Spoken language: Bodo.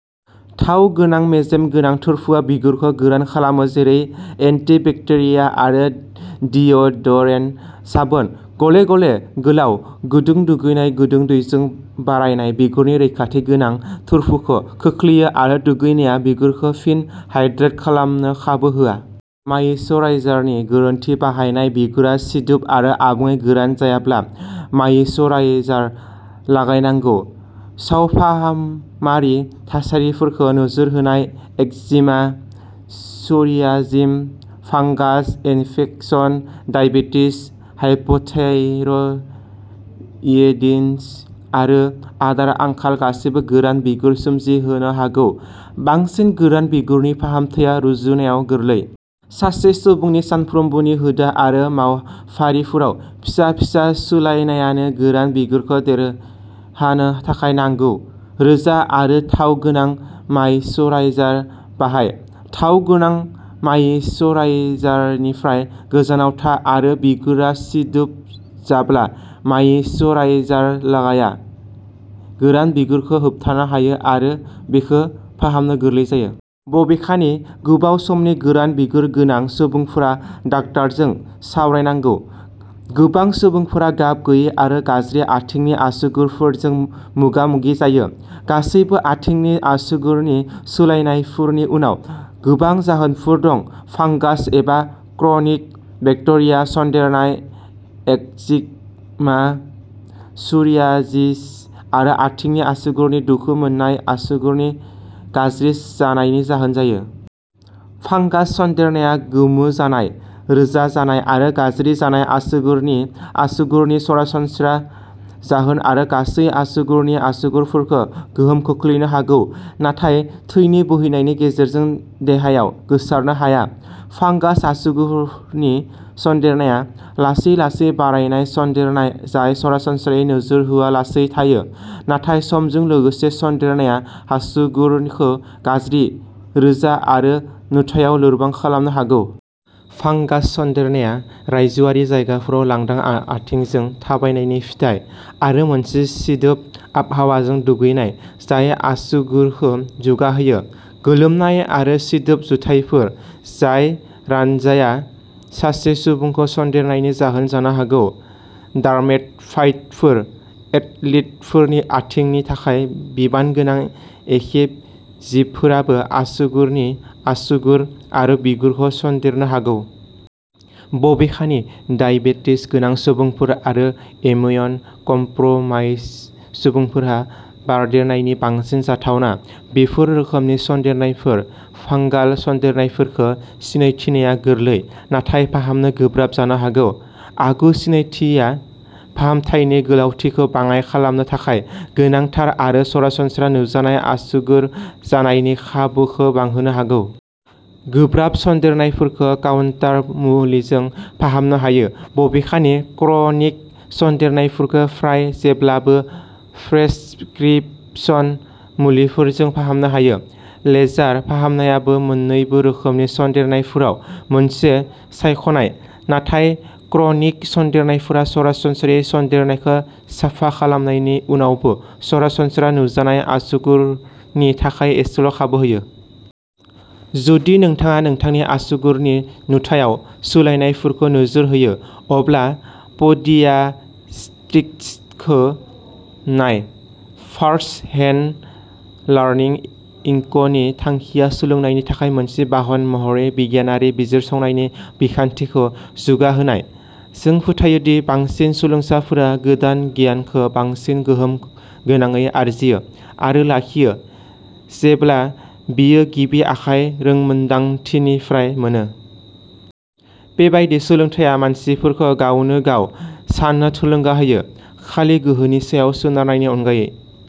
थाव गोनां मेजेम गोनां थोरफोआ बिगुरखौ गोरान खालामो। जेरै एन्टिबेक्टेरिया आरो डिअडरेन्ट साबोन। गले-गले, गोलाव, गुदुं दुगैनाय गुदुं दैजों बारायनाय बिगुरनि रैखाथि गोनां थोरफोखौ खोख्लैयो आरो दुगैनाया बिगुरखौ फिन हाइड्रेट खालामनो खाबु होआ। मायिचराइजारनि गोरोन्थि बाहायनाय बिगुरा सिदोब आरो आबुङै गोरान जायाब्ला मायिचराइजार लागायनांगौ। सावफाहामारि थासारिफोरखौ नोजोर होनाय eczema, psoriasis, fungus infection, diabetes, hypothyroidism आरो आदार आंखाल गासैबो गोरान बिगुर सोमजिहोनो हागौ। बांसिन गोरान बिगुरनि फाहामथाया रुजुनायाव गोरलै। सासे सुबुंनि सानफ्रोमबोनि हुदा आरो मावफारिफोराव फिसा-फिसा सोलायनायानो गोरान बिगुरखौ देरहानो थाखाय नांगौ। रोजा आरो थाव गोनां मायिचराइजार बाहाय। थाव गोनां मायिचराइजारनिफ्राय गोजानाव था आरो बिगुरा सिदोब जाब्ला मायिचराइजार लागाय। गोरान बिगुरखौ होबथानो हायो आरो बेखौ फाहामनो गोरलै जायो। बबेखानि, गोबाव समनि गोरान बिगुर गोनां सुबुंफोरा डाक्टारजों सावरायनांगौ। गोबां सुबुंफोरा गाब गैयै आरो गाज्रि आथिंनि आसुगुरफोरजों मोगा-मोगि जायो। गासैबो आथिंनि आसुगुरनि सोलायनायफोरनि उनाव गोबां जाहोनफोर दं फांगास एबा क्रनिक बेक्टेरिया सन्देरनाय, एक्जिमा, सोरियासिस आरो आथिंनि आसुगुरनि दुखु मोननाया आसुगुरनि गाज्रि जानायनि जाहोन जायो। फांगास सन्देरनाया गोमो जानाय, रोजा जानाय आरो गाज्रि जानाय आसुगुरनि आसुगुरनि सरासनस्रा जाहोन आरो गासै आसुगुरनि आसुगुरफोरखौ गोहोम खोख्लैनो हागौ, नाथाय थैनि बोहैनायनि गेजेरजों देहायाव गोसारनो हाया। फांगास आसुगुरनि सन्देरनाया लासै लासै बारायनाय सन्देरनाय जाय सरासनस्रायै नोजोर होआलासै थायो, नाथाय समजों लोगोसे सनदेरनाया आसुगुरखौ गाज्रि, रोजा आरो नुथायाव लोरबां खालामनो हागौ। फांगास सन्देरनाया रायजोआरि जायगाफोराव लांदां आथिंजों थाबायनायनि फिथाय आरो मोनसे सिदोब आबहावाजों दुगैनाय जाय आसुगुरखौ जौगाहोयो। गोलोमनाय आरो सिदोब जुथाफोर जाय रानजाया, सासे सुबुंखौ सन्देरनायनि जाहोन जानो हागौ। डार्मेटफाइटफोर, एथलीटफोरनि आथिंनि थाखाय बिबानगोनां एखे जिबफोराबो आसुगुरनि आसुगुर आरो बिगुरखौ सनदेरनो हागौ। बबेखानि, डायबेटिस गोनां सुबुंफोर आरो इमिउन' कमप्र'माइज्ड सुबुंफोरहा बारदेरनायनि बांसिन जाथावना। बेफोर रोखोमनि सन्देरनायफोर। फांगाल सन्देरनायफोरखौ सिनायथिनाया गोरलै, नाथाय फाहामनो गोब्राब जानो हागौ। आगु सिनायथिया फाहामथायनि गोलावथिखौ बाङाइ खालामनो थाखाय गोनांथार आरो सरासनस्रा नुजानाय आसुगुर जानायनि खाबुखौ बांहोनो हागौ। गोब्राब सन्देरनायफोरखौ काउन्टार मुलिजों फाहामनो हायो बबेखानि, क्रनिक सन्देरनायफोरखौ फ्राय जेब्लाबो प्रेसक्रिपशन मुलिफोरजों फाहामनो हायो। लेजार फाहामनायाबो मोननैबो रोखोमनि सन्देरनायफोराव मोनसे सायख'नाय। नाथाय, क्रनिक सन्देरनायफोरा सरासनस्रायै सन्देरनायखौ साफा खालामनायनि उनावबो सरासनस्रा नुजानाय आसुगुरनि थाखाय एसेल' खाबु होयो। जुदि नोंथाङा नोंथांनि आसुगुरनि नुथायाव सोलायनायफोरखौ नोजोर होयो, अब्ला प'डियाट्रिस्टखौ नाय। फार्स्ट हेन्ड लार्निं इंक नि थांखिया सोलोंनायनि थाखाय मोनसे बाहन महरै बिगियानारि बिजिरसंनायनि बिखान्थिखौ जौगाहोनाय। जों फोथायो दि बांसिन सोलोंसाफोरा गोदान गियानखौ बांसिन गोहोम गोनाङै आरजियो आरो लाखियो जेब्ला बेयो गिबि आखाय रोंमोनदांथिनिफ्राय मोनो। बेबादि सोलोंथाया मानसिफोरखौ गावनोगाव साननो थुलुंगा होयो, खालि गोहोनि सायाव सोनारनायनि अनगायै।